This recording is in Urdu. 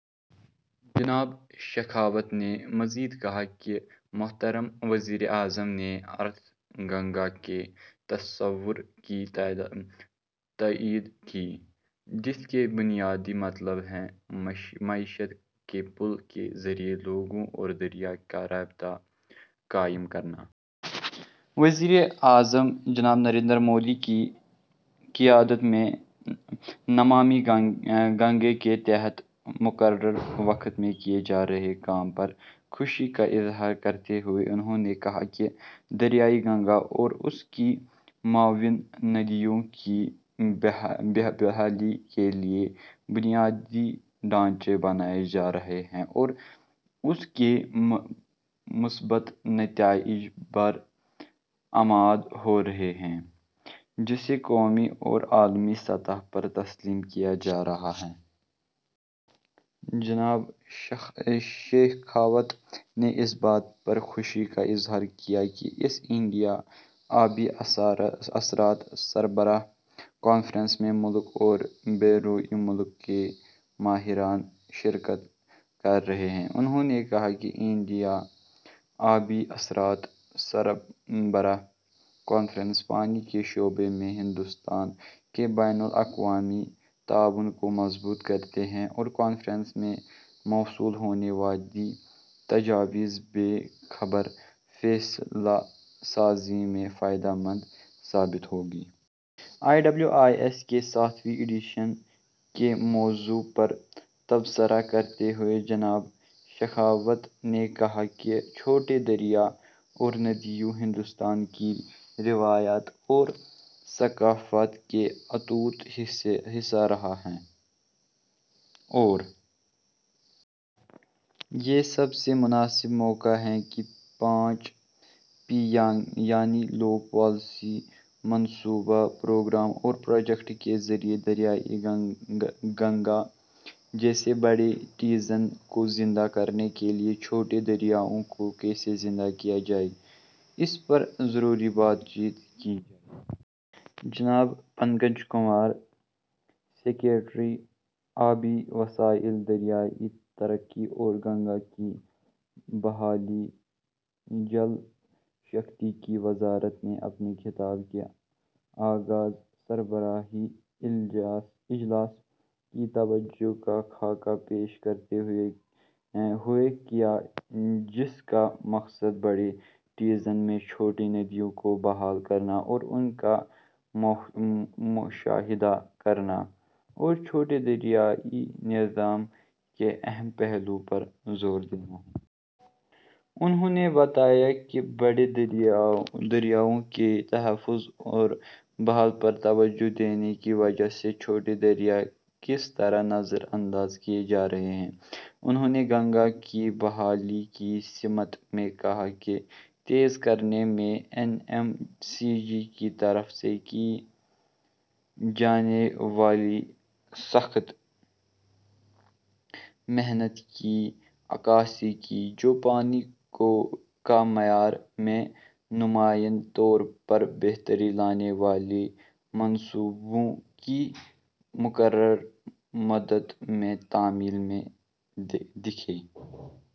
جناب شیخاوت نے مزید کہا کہ محترم وزیر اعظم نے ارتھ گنگا کے تصور کی تائید کی، جس کا بنیادی مطلب ہے معیشت کے پل کے ذریعے لوگوں اور دریا کا رابطہ قائم کرنا۔ وزیر اعظم جناب نریندر مودی کی قیادت میں نمامی گنگے کے تحت مقررہ وقت میں کیے جا رہے کام پر خوشی کا اظہار کرتے ہوئے انہوں نے کہا کہ دریائے گنگا اور اس کی معاون ندیوں کی بحالی کے لیے بنیادی ڈھانچہ بنایا جا رہا ہے اور اس کے مثبت نتائج برآمد ہو رہے ہیں، جسے قومی اور عالمی سطح پر تسلیم کیا جا رہا ہے۔ جناب شیخاوت نے اس بات پر خوشی کا اظہار کیا کہ اس انڈیا آبی اثرات سربراہ کانفرنس میں ملک اور بیرون ملک کے ماہرین شرکت کر رہے ہیں۔ انہوں نے کہا، ''انڈیا آبی اثرات سربراہ کانفرنس پانی کے شعبے میں ہندوستان کے بین الاقوامی تعاون کو مضبوط کرتی ہے اور کانفرنس میں موصول ہونے والی تجاویز باخبر فیصلہ سازی میں فائدہ مند ثابت ہوں گی۔'' آئی ڈبلیو آئی ایس کے ساتویں ایڈیشن کے موضوع پر تبصرہ کرتے ہوئے جناب شیخاوت نے کہا کہ چھوٹے دریا اور ندیاں ہندوستان کی روایت اور ثقافت کا اٹوٹ حصہ رہی ہیں اور یہ سب سے مناسب موقع ہے کہ پانچ پی، یعنی لوگ، پالیسی، منصوبہ، پروگرام اور پروجیکٹ، کے ذریعے دریائے گنگا جیسے بڑے طاسوں کو زندہ کرنے کے لیے چھوٹے دریاؤں کو کیسے زندہ کیا جائے، اس پر ضروری بات چیت کی جائے۔ جناب پنکج کمار، سکریٹری، آبی وسائل، دریائی ترقی اور گنگا کی بحالی، جل شکتی کی وزارت نے اپنے خطاب کا آغاز سربراہی اجلاس کی توجہ کا خاکہ پیش کرتے ہوئے کیا، جس کا مقصد بڑے طاسوں میں چھوٹی ندیوں کو بحال کرنا اور ان کا مشاہدہ کرنا اور چھوٹے دریائی نظام کے اہم پہلوؤں پر زور دینا ہے۔ انہوں نے بتایا کہ بڑے دریاؤں کے تحفظ اور بحالی پر توجہ دینے کی وجہ سے چھوٹے دریا کس طرح نظر انداز کیے جا رہے ہیں۔ انہوں نے گنگا کی بحالی کی سمت میں کام کو تیز کرنے میں این ایم سی جی کی طرف سے کی جانے والی سخت محنت کی عکاسی کی، جو پانی کے معیار میں نمایاں طور پر بہتری لانے والے منصوبوں کی مقررہ مدت میں تکمیل میں دیکھی...